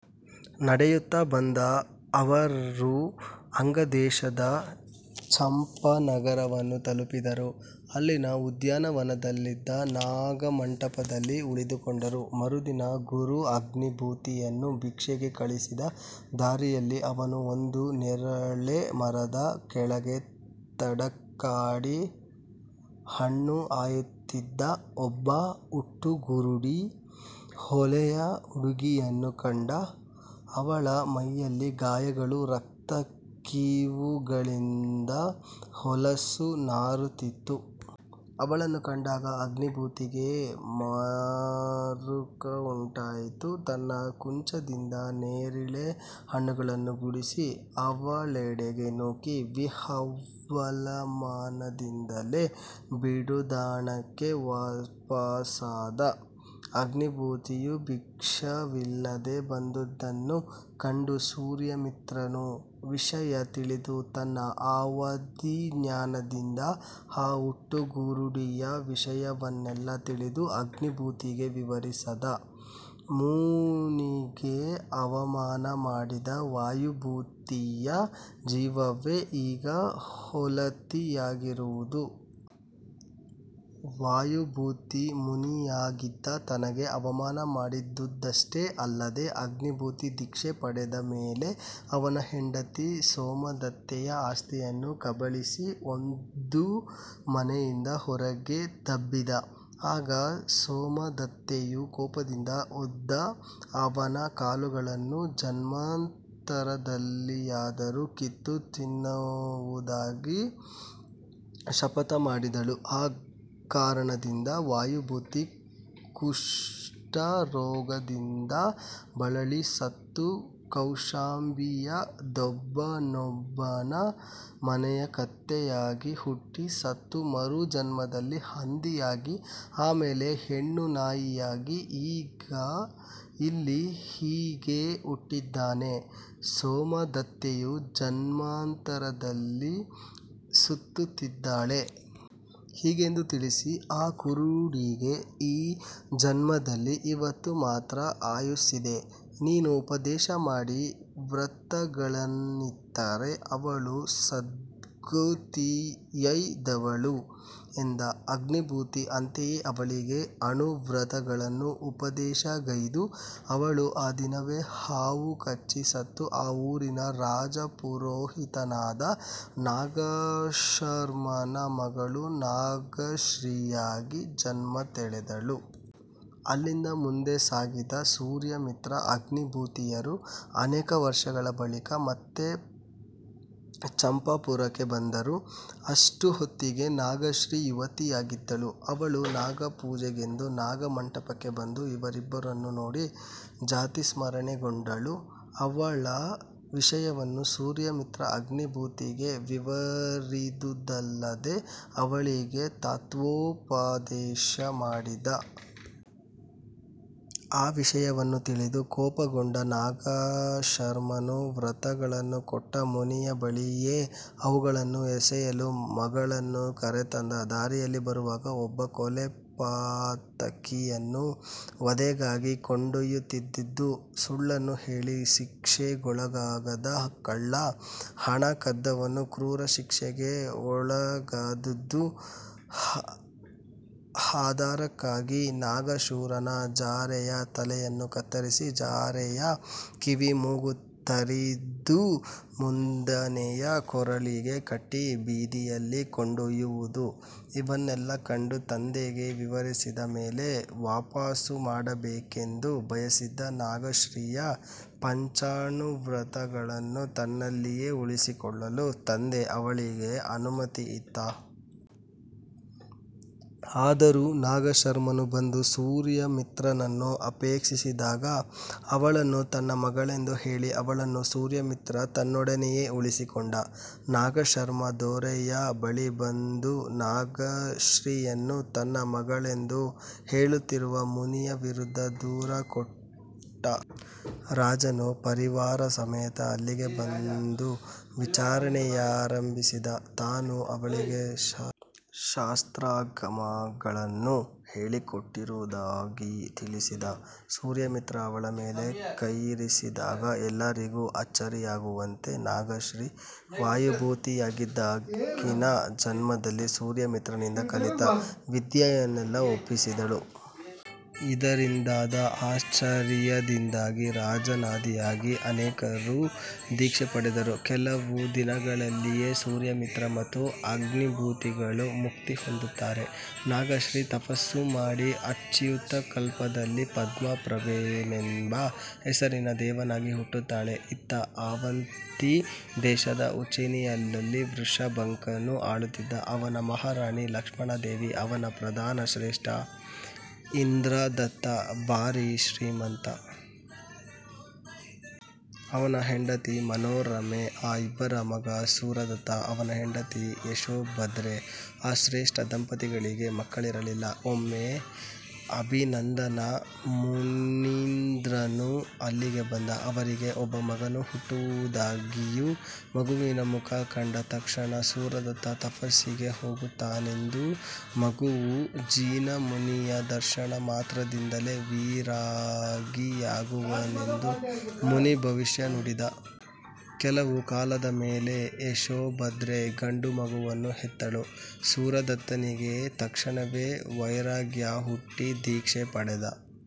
ನಡೆಯುತ್ತ ಬಂದ ಅವರು ಅಂಗದೇಶದ ಚಂಪಾನಗರವನ್ನು ತಲುಪಿದರು. ಅಲ್ಲಿನ ಉದ್ಯಾನವನದಲ್ಲಿದ್ದ ನಾಗಮಂಟಪದಲ್ಲಿ ಉಳಿದುಕೊಂಡರು. ಮರುದಿನ ಗುರು ಅಗ್ನಿಭೂತಿಯನ್ನು ಭಿಕ್ಷೆಗೆ ಕಳಿಸಿದ. ದಾರಿಯಲ್ಲಿ ಅವನು ಒಂದು ನೇರಳೆ ಮರದ ಕೆಳಗೆ ತಡಕಾಡಿ ಹಣ್ಣು ಆಯುತ್ತಿದ್ದ ಒಬ್ಬ ಹುಟ್ಟುಗುರುಡಿ ಹೊಲೆಯ ಹುಡುಗಿಯನ್ನು ಕಂಡ, ಅವಳ ಮೈಯೆಲ್ಲ ಗಾಯಗಳು ರಕ್ತ ಕೀವುಗಳಿಂದ ಹೊಲಸು ನಾರುತ್ತಿತ್ತು. ಅವಳನ್ನು ಕಂಡಾಗ ಅಗ್ನಿಭೂತಿಗೆ ಮರುಕವುಂಟಯಿತು, ತನ್ನ ಕುಂಚದಿಂದ ನೇರಿಳೆ ಹಣ್ಣುಗಳನ್ನು ಗುಡಿಸಿ ಅವಳೆಡೆಗೆ ನೂಕಿ ವಿಹ್ವಲಮನದಿಂದಲೇ ಬೀಡುದಾಣಕ್ಕೆ ವಾಪಸಾದ. ಅಗ್ನಿಭೂತಿಯು ಭಿಕ್ಷವಿಲ್ಲದೆ ಬಂದುದನ್ನು ಕಂಡು ಸೂರ್ಯಮಿತ್ರನು ವಿಷಯ ತಿಳಿದು ತನ್ನ ಅವಧಿಜ್ಞಾನದಿಂದ ಆ ಹುಟ್ಟುಗುರುಡಿಯ ವಿಷಯವನ್ನೆಲ್ಲ ತಿಳಿದು ಅಗ್ನಿಭೂತಿಗೆ ವಿವರಿಸದ; ಮುನಿಗೆ ಅವಮಾನ ಮಾಡಿದ ವಾಯುಭೂತಿಯ ಜೀವವೇ ಈಗ ಹೊಲತಿಯಾಗಿರುವುದು. ವಾಯುಭೂತಿ ಮುನಿಯಾಗಿದ್ದ ತನಗೆ ಅವಮಾನ ಮಾಡಿದುದಷ್ಟೇ ಅಲ್ಲದೆ, ಅಗ್ನಿಭೂತಿ ದೀಕ್ಷೆ ಪಡೆದ ಮೇಲೆ ಅವನ ಹೆಂಡತಿ ಸೋಮದತ್ತೆಯ ಅಸ್ತಿಯನ್ನು ಕಬಳಿಸಿ ಒದ್ದು ಮನೆಯಿಂದ ಹೊರಗೆ ದಬ್ಬಿದ. ಆಗ ಸೋಮದತ್ತೆಯು ಕೋಪದಿಂದ ಒದ್ದ ಅವನ ಕಾಲುಗಳನ್ನು ಜನ್ಮಾಂತರದಲ್ಲಿಯಾದರೂ ಕಿತ್ತು ತಿನ್ನುವುದಾಗಿ ಶಪಥಮಾಡಿದಳು. ಆ ಕಾರಣದಿಂದ ವಾಯುಭೂತಿ ಕುಷ್ಠ ರೋಗದಿಂದ ಬಳಲಿ ಸತ್ತು, ಕೌಶಂಬಿಯ ದೊಂಬನೊಬ್ಬನ ಮನೆಯ ಕತ್ತೆಯಾಗಿ ಹುಟ್ಟಿ ಸತ್ತು, ಮರುಜನ್ಮದಲ್ಲಿ ಹಂದಿಯಾಗಿ, ಆಮೇಲೆ ಹೆಣ್ಣು ನಾಯಿಯಾಗಿ, ಈಗ ಇಲ್ಲಿ ಹೀಗೆ ಉಟ್ಟಿದ್ದಾನೆ; ಸೋಮದತ್ತೆಯೂ ಜನ್ಮಾಂತರದಲ್ಲಿ ಸುತ್ತುತ್ತಿದ್ದಾಳೆ. ಹೀಗೆಂದು ತಿಳಿಸಿ "ಆ ಕುರುಡಿಗೆ ಈ ಜನ್ಮದಲ್ಲಿ ಇವತ್ತು ಮಾತ್ರ ಆಯುಸ್ಸಿದೆ. ನೀನು ಉಪದೇಶಮಾಡಿ ವ್ರತಗಳನ್ನಿತ್ತರೆ ಅವಳು ಸದ್ಗತಿಯೈದವಳು" ಎಂದ. ಅಗ್ನಿಭೂತಿ ಅಂತೆಯೇ ಅವಳಿಗೆ ಅಣುವ್ರತಗಳನ್ನು ಉಪದೇಶಗೈದು. ಅವಳು ಆ ದಿನವೇ ಹಾವು ಕಚ್ಚಿ ಸತ್ತು, ಆ ಊರಿನ ರಾಜಪುರೋಹಿತನಾದ ನಾಗಶರ್ಮನ ಮಗಳು ನಾಗಶ್ರೀಯಾಗಿ ಜನ್ಮ ತಳೆದಳು. ಅಲ್ಲಿಂದ ಮುಂದೆ ಸಾಗಿದ ಸೂರ್ಯಮಿತ್ರ – ಅಗ್ನಿಭೂತಿಯರು ಅನೇಕ ವರ್ಷಗಳ ಬಳಿಕ ಮತ್ತೆ ಚಂಪಾಪುರಕ್ಕೆ ಬಂದರು. ಅಷ್ಟು ಹೊತಿಗೆ ನಾಗಶ್ರೀ ಯುವತಿಯಾಗಿದ್ದಳು. ಅವಳು ನಾಗ ಪೂಜೆಗೆಂದು ನಾಗ ಮಂಟಪಕ್ಕೆ ಬಂದು ಇವರಿಬ್ಬರನ್ನೂ ನೋಡಿ ಜಾತಿಸ್ಮರಣೆಗೊಂಡಳು. ಅವಳ ವಿಷಯವನ್ನು ಸೂರ್ಯಮಿತ್ರ ಆಗ್ನಿಭೂತಿಗೆ ವಿವರಿದುದಲ್ಲದೆ, ಅವಳಿಗೆ ತತ್ವೋಪದದೇಶ ಮಾಡಿದ. ಆ ವಿಷಯವನ್ನು ತಿಳಿದು ಕೋಪಗೊಂಡ ನಾಗಶರ್ಮನು ವ್ರತಗಳನ್ನು ಕೊಟ್ಟ ಮುನಿಯ ಬಳಿಯೇ ಅವುಗಳನ್ನು ಎಸೆಯಲು ಮಗಳನ್ನು ಕರೆತಂದ. ದಾರಿಯಲ್ಲಿ ಬರುವಾಗ ಒಬ್ಬ ಕೊಲೆಪಾತಕಿಯನ್ನು ವಧೆಗಾಗಿ ಕೊಂಡೆಯ್ಯುತ್ತಿದ್ದುದು, ಸುಳ್ಳನ್ನು ಹೇಳಿ ಶಿಕ್ಷೆಗೊಳಗಾದ ಕಳ್ಳ, ಹಣ ಕದ್ದವನು ಕ್ರೂರ ಶಿಕ್ಷೆಗೆ ಒಳಗಾದದ್ದು, ಹಾದರಕ್ಕಾಗಿ ನಾಗಸೂರನ ಜಾರೆಯ ತಲೆಯನ್ನು ಕತ್ತರಿಸಿ ಜಾರೆಯ ಕಿವಿಮೂಗು ತರಿದು ಮದ್ದಾನೆಯ ಕೊರಳಿಗೆ ಕಟ್ಟಿ ಬೀದಿಯಲ್ಲಿ ಕೊಂಡೊಯ್ಯುವುದು – ಇವನ್ನೆಲ್ಲ ಕಂಡು ತಂದೆಗೆ ವಿವರಿಸಿದ ಮೇಲೆ ವಾಪಸು ಮಾಡಬೇಕೆಂದು ಬಯಸಿದ್ದ ನಾಗಶ್ರೀಯ ಪಂಚಾಣುವ್ರತಗಳನ್ನು ತನ್ನಲ್ಲಿಯೇ ಉಳಿಸಿಕೊಳ್ಳಲು ತಂದೆ ಅವಳಿಗೆ ಅನುಮತಿಯಿತ್ತ. ಆದರೂ ನಾಗಶರ್ಮನು ಬಂದು ಸೂರ್ಯಮಿತ್ರನನ್ನು ಅಕ್ಷೇಪಿಸಿದಾಗ ಅವಳನ್ನು ತನ್ನ ಮಗಳೆಂದು ಹೇಳಿ ಅವಳನ್ನು ಸೂರ್ಯಮಿತ್ರ ತನ್ನೊಡನೆಯೇ ಉಳಿಸಿಕೊಂಡ. ನಾಗಶರ್ಮ ದೊರೆಯ ಬಳಿ ಬಂದು ನಾಗಶ್ರೀಯನ್ನು ತನ್ನ ಮಗಳೆಂದು ಹೇಳುತ್ತಿರುವ ಮುನಿಯ ವಿರುದ್ಧ ದೂರು ಕೊಟ್ಟ. ರಾಜನು ಪರಿವಾರಸಮೇತ ಅಲ್ಲಿಗೆ ಬಂದು ವಿಚಾರಣೆಯಾರಂಬಿಸಿದ. ತಾನು ಅವಳಿಗೆ ಶಾಸ್ತ್ರಾಗಮಗಳನ್ನು ಹೇಳಿಕೊಟ್ಟಿರುವುದಾಗಿ ತಿಳಿಸಿದ ಸೂರ್ಯಮಿತ್ರ ಅವಳ ಮೇಲೆ ಕೈಯಿರಿಸಿದಾಗ, ಎಲ್ಲರಿಗೂ ಅಚ್ಚರಿಯಾಗುವಂತೆ, ನಾಗಶ್ರೀ ವಾಯುಭೂತಿಯಾಗಿದ್ದಾಗಿನ ಜನ್ಮದಲ್ಲಿ ಸೂರ್ಯಮಿತ್ರನಿಂದ ಕಲಿತ ವಿದ್ಯೆಯನ್ನೆಲ್ಲ ಒಪ್ಪಿಸಿದಳು. ಇದರಿಂದಾದ ಆಶ್ಚರ್ಯದಿಂದಾಗಿ ರಾಜನಾದಿಯಾಗಿ ಅನೇಕರು ದೀಕ್ಷೆ ಪಡೆದರು. ಕೆಲವು ದಿನಗಳಲ್ಲಿಯೇ ಸೂರ್ಯಮಿತ್ರ ಮತ್ತು ಅಗ್ನಿಬೂತಿಗಳು ಮುಕ್ತಿ ಹೊಂದುತ್ತಾರೆ. ನಾಗಶ್ರೀ ತಪಸ್ಸು ಮಾಡಿ ಅಚ್ಯುತಕಲ್ಪದಲ್ಲಿ ಪದ್ಮಪ್ರಭನೆಂಬ ಹೆಸರಿನ ದೇವನಾಗಿ ಹುಟ್ಟುತ್ತಾಳೆ. ಇತ್ತ, ಆವಂತಿ ದೇಶದ ಉಜ್ಜೇನಿಯಲ್ಲಿ ವೃಷಭಾಂಕನು ಆಳುತ್ತಿದ್ದ; ಅವನ ಮಹಾರಾಣಿ ಲಕ್ಷಣಾದೇವಿ. ಅವನ ಪ್ರಧಾನ ಶ್ರೇಷ್ಠಿ ಇಂದ್ರದತ್ತ, ಭಾರಿ ಶ್ರೀಮಂತ. ಅವನ ಹೆಂಡತಿ ಮನೋರಮೆ. ಆ ಇಬ್ಬರ ಮಗ ಸೂರದತ್ತ; ಅವನ ಹೆಂಡತಿ ಯಶೋಭದ್ರೆ. ಆ ಶ್ರೇಷ್ಠಿ ದಂಪತಿಗಳಿಗೆ ಮಕ್ಕಳಿರಲಿಲ್ಲ. ಒಮ್ಮೆ ಅಭಿನಂದನ ಮುಣೀಂದ್ರನು ಅಲ್ಲಿಗೆ ಬಂದ ಅವರಿಗೆ ಒಬ್ಬ ಮಗನು ಹುಟ್ಟುವುದಾಗಿಯೂ, ಮಗುವಿನ ಮುಖ ಕಂಡ ತಕ್ಷಣ ಸೂರದತ್ತ ತಪಸ್ಸಿಗೆ ಹೋಗುತ್ತಾನೆಂದೂ, ಮಗುವೂ ಜಿನಮುನಿಯ ದರ್ಶನ ಮಾತ್ರದಿಂದಲೇ ವಿರಾಗಿಯಾಗುವನೆಂದೂ ಮುನಿ ಭವಿಷ್ಯ ನುಡಿದ. ಕೆಲವು ಕಾಲದ ಮೇಲೆ ಯಶೋಭದ್ರೆ ಗಂಡು ಮಗುವನ್ನು ಹೆತ್ತಳು; ಸೂರದತ್ತನಿಗೆ ತಕ್ಷಣವೇ ವೈರಾಗ್ಯ ಹುಟ್ಟಿ ದೀಕ್ಷೆ ಪಡೆದ.